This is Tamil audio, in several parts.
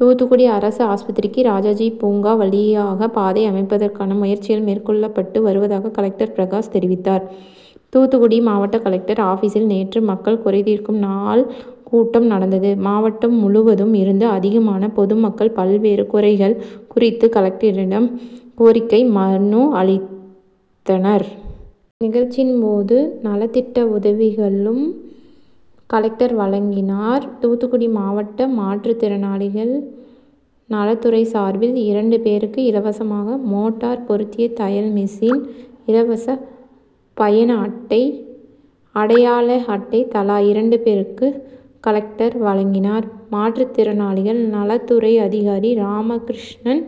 தூத்துக்குடி அரசு ஆஸ்பத்திரிக்கு ராஜாஜி பூங்கா வழியாக பாதை அமைப்பதற்கான முயற்சிகள் மேற்கொள்ளப்பட்டு வருவதாக கலெக்டர் பிரகாஷ் தெரிவித்தார். தூத்துக்குடி மாவட்ட கலெக்டர் ஆபிசில் நேற்று மக்கள் குறைதீர்க்கும் நாள் கூட்டம் நடந்தது. மாவட்டம் முழுவதும் இருந்து அதிகமான பொதுமக்கள் பல்வேறு குறைகள் குறித்து கலெக்டரிடம் கோரிக்கை மனு அளித்தனர். நிகழ்ச்சியின் போது நலத்திட்ட உதவிகளும் கலெக்டர் வழங்கினார். தூத்துக்குடி மாவட்ட மாற்றுதிறனாளிகள் நலத்துறை சார்பில் இரண்டு பேருக்கு இலவசமாக மோட்டார் பொருத்திய தையல் மிஷின், இலவச பயண அட்டை, அடையாள அட்டை தலா இரண்டு பேருக்கு கலெக்டர் வழங்கினார். மாற்றுத்திறனாளிகள் நலத்துறை அதிகாரி ராமகிருஷ்ணன்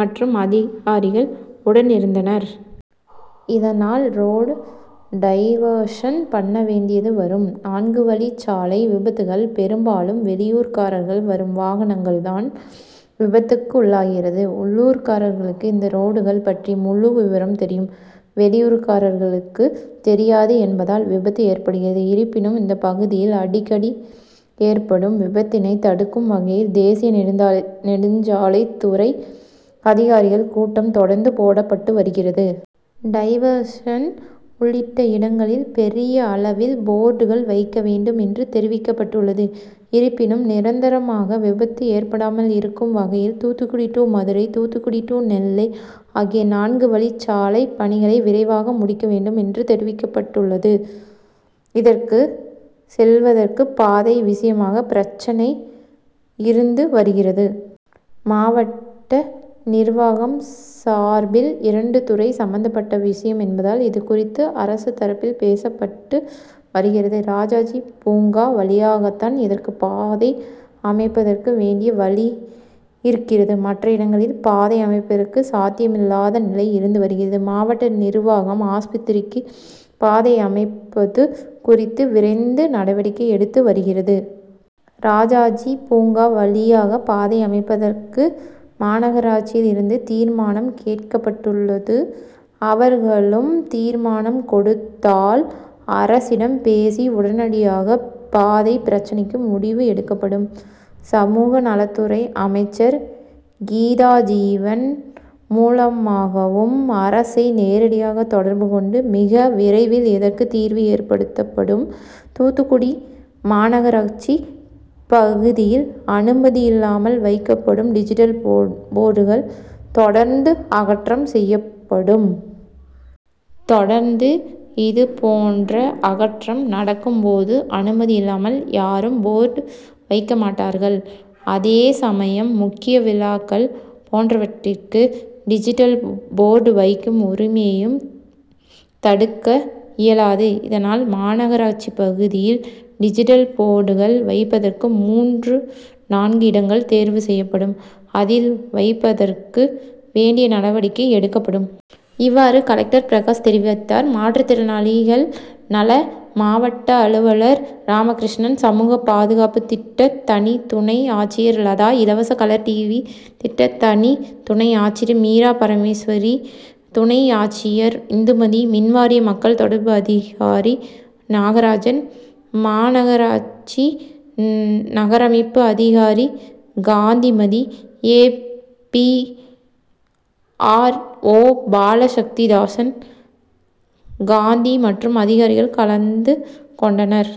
மற்றும் அதிகாரிகள் உடனிருந்தனர். இதனால் ரோடு டைவர்சன் பண்ண வேண்டியது வரும். நான்கு வழிச்சாலை விபத்துகள் பெரும்பாலும் வெளியூர்காரர்கள் வரும் வாகனங்கள் தான் விபத்துக்குள்ளாகிறது. உள்ளூர்காரர்களுக்கு இந்த ரோடுகள் பற்றிய முழு விபரம் தெரியும். வெளியூர்காரர்களுக்கு தெரியாது என்பதால் விபத்து ஏற்படுகிறது. இருப்பினும் இந்த பகுதியில் அடிக்கடி ஏற்படும் விபத்தினை தடுக்கும் வகையில் தேசிய நெடுஞ்சாலைத்துறை அதிகாரிகள் கூட்டம் தொடர்ந்து போடப்பட்டு வருகிறது. டைவர்சன் உள்ளிட்ட இடங்களில் பெரிய அளவில் போர்டுகள் வைக்க வேண்டும் என்று தெரிவிக்கப்பட்டுள்ளது. இருப்பினும் நிரந்தரமாக விபத்து ஏற்படாமல் இருக்கும் வகையில் தூத்துக்குடி டூ மதுரை, தூத்துக்குடி டூ நெல்லை ஆகிய நான்கு வழிச்சாலை பணிகளை விரைவாக முடிக்க வேண்டும் என்று தெரிவிக்கப்பட்டுள்ளது. இதற்கு செல்வதற்கு பாதை விஷயமாக பிரச்னை இருந்து வருகிறது. மாவட்ட நிர்வாகம் சார்பில் இரண்டு துறை சம்பந்தபட்ட விஷயம் என்பதால் இது குறித்து அரசு தரப்பில் பேசப்பட்டு வருகிறது. ராஜாஜி பூங்கா வழியாகத்தான் இதற்கு பாதை அமைப்பதற்கு வேண்டிய வழி இருக்கிறது. மற்ற இடங்களில் பாதை அமைப்பதற்கு சாத்தியம் இல்லாத நிலை இருந்து வருகிறது. மாவட்ட நிர்வாகம் ஆஸ்பத்திரிக்கு பாதை அமைப்பது குறித்து விரைந்து நடவடிக்கை எடுத்து வருகிறது. ராஜாஜி பூங்கா வழியாக பாதை அமைப்பதற்கு மாநகராட்சியில் இருந்து தீர்மானம் கேட்கப்பட்டுள்ளது. அவர்களும் தீர்மானம் கொடுத்தால் அரசிடம் பேசி உடனடியாக பாதை பிரச்னைக்கு முடிவு எடுக்கப்படும். சமூகநலத்துறை அமைச்சர் கீதாஜீவன் மூலமாகவும் அரசை நேரடியாக தொடர்பு கொண்டு மிக விரைவில் இதற்கு தீர்வு ஏற்படுத்தப்படும். தூத்துக்குடி மாநகராட்சி பகுதியில் அனுமதி இல்லாமல் வைக்கப்படும் டிஜிட்டல் போர்டுகள் தொடர்ந்து அகற்றம் செய்யப்படும். தொடர்ந்து இதுபோன்ற அகற்றம் நடக்கும் போது அனுமதி இல்லாமல் யாரும் போர்டு வைக்கமாட்டார்கள். அதே சமயம் முக்கிய விழாக்கள் போன்றவற்றிற்கு டிஜிட்டல் போர்டு வைக்கும் உரிமையையும் தடுக்க இயலாது. இதனால் மாநகராட்சி பகுதியில் டிஜிட்டல் போர்டுகள் வைப்பதற்கு மூன்று நான்கு இடங்கள் தேர்வு செய்யப்படும் அதில் வைப்பதற்கு வேண்டிய நடவடிக்கை எடுக்கப்படும். இவ்வாறு கலெக்டர் பிரகாஷ் தெரிவித்தார். மாற்றுதிறனாளிகள் நல மாவட்ட அலுவலர் ராமகிருஷ்ணன், சமூக பாதுகாப்பு திட்ட தனி துணை ஆட்சியர் லதா, இலவச கலர்டிவி திட்ட தனி துணை ஆட்சியர் மீராபரமேஸ்வரி, துணை ஆட்சியர் இந்துமதி, மின்வாரிய மக்கள் தொடர்பு அதிகாரி நாகராஜன், மாநகராட்சி நகரமைப்பு அதிகாரி Gandhimathi, A. P. R. O Balasakthidasan, Gandhi மற்றும் அதிகாரிகள் கலந்து கொண்டனர்.